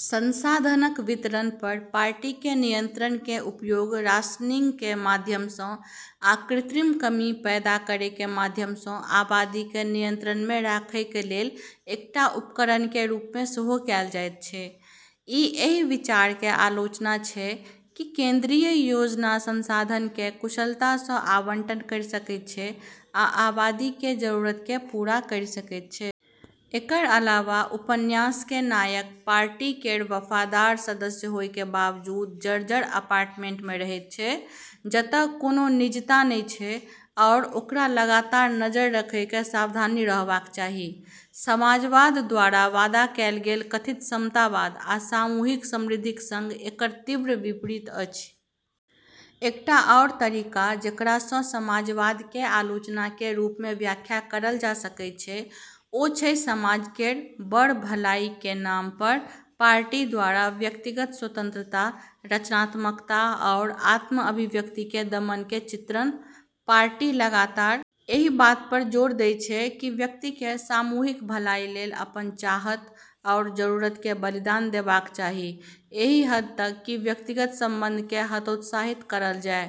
संसाधनक वितरण पर पार्टीके नियंत्रणके उपयोग राशनिंगके माध्यमसँ, आ कृत्रिम कमी पैदा करैके माध्यमसँ, आबादीके नियंत्रणमे राखैके लेल एकटा उपकरणके रूपमे सेहो कैल जाइत छै । ई एहि विचारके आलोचना छै कि केंद्रीय योजना संसाधनके कुशलतासँ आवंटन करि सकै छै आ आबादीके जरूरतके पूरा करि सकै छै । एकर अलावा उपन्यासके नायक पार्टी केर वफादार सदस्य होइके बावजूद जर्जर अपार्टमेंटमे रहैत छै, जतऽ कोनो निजता नै छै, आओर ओकरा लगातार नजर रखैके सावधान रहबाक चाही । समाजवाद द्वारा वादा कयल गेल कथित समतावाद आ सामूहिक समृद्धिक सङ्ग एकर तीव्र विपरीत अछि। एकटा आओर तरीका जेकरासँ समाजवादके आलोचनाके रूपमे व्याख्या करल जा सकै छै, ओ छै समाज केर "बड़ भलाई" के नाम पर, पार्टी द्वारा व्यक्तिगत स्वतंत्रता, रचनात्मकता आओर आत्म-अभिव्यक्तिके दमनके चित्रण। पार्टी लगातार एहि बात पर जोर दै छै कि व्यक्तिके सामूहिक भलाई लेल अपन चाहत आओर जरूरत के बलिदान देबाक चाही, एहि हद तक कि व्यक्तिगत संबंधके हतोत्साहित करल जाइ,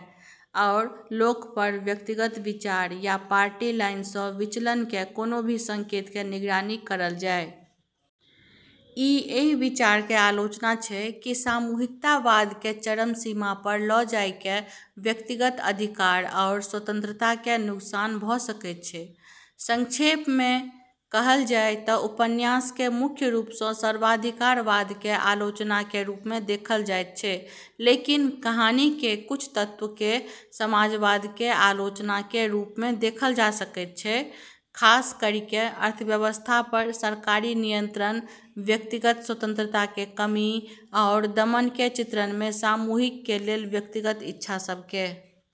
आओर लोक पर व्यक्तिगत विचार या पार्टी लाइनसँ विचलनके कोनो भी संकेतके निगरानी करल जाइ । ई एहि विचारके आलोचना छै कि सामूहिकतावादके चरम सीमा पर ल' जाइके व्यक्तिगत अधिकार आओर स्वतंत्रताके नुकसान भ' सकै छै। संक्षेपमे कहल जाइ त' उपन्यासके मुख्य रूपसँ सर्वाधिकारवादके आलोचनाके रूपमे देखल जाइत छै, लेकिन कहानीके कुछ तत्वके समाजवादके आलोचनाके रूपमे देखल जा सकै छै, खास करिके अर्थव्यवस्था पर सरकारी नियंत्रण, व्यक्तिगत स्वतंत्रताके कमी, आओर दमनके चित्रणमे सामूहिकके लेल व्यक्तिगत इच्छा सबके ।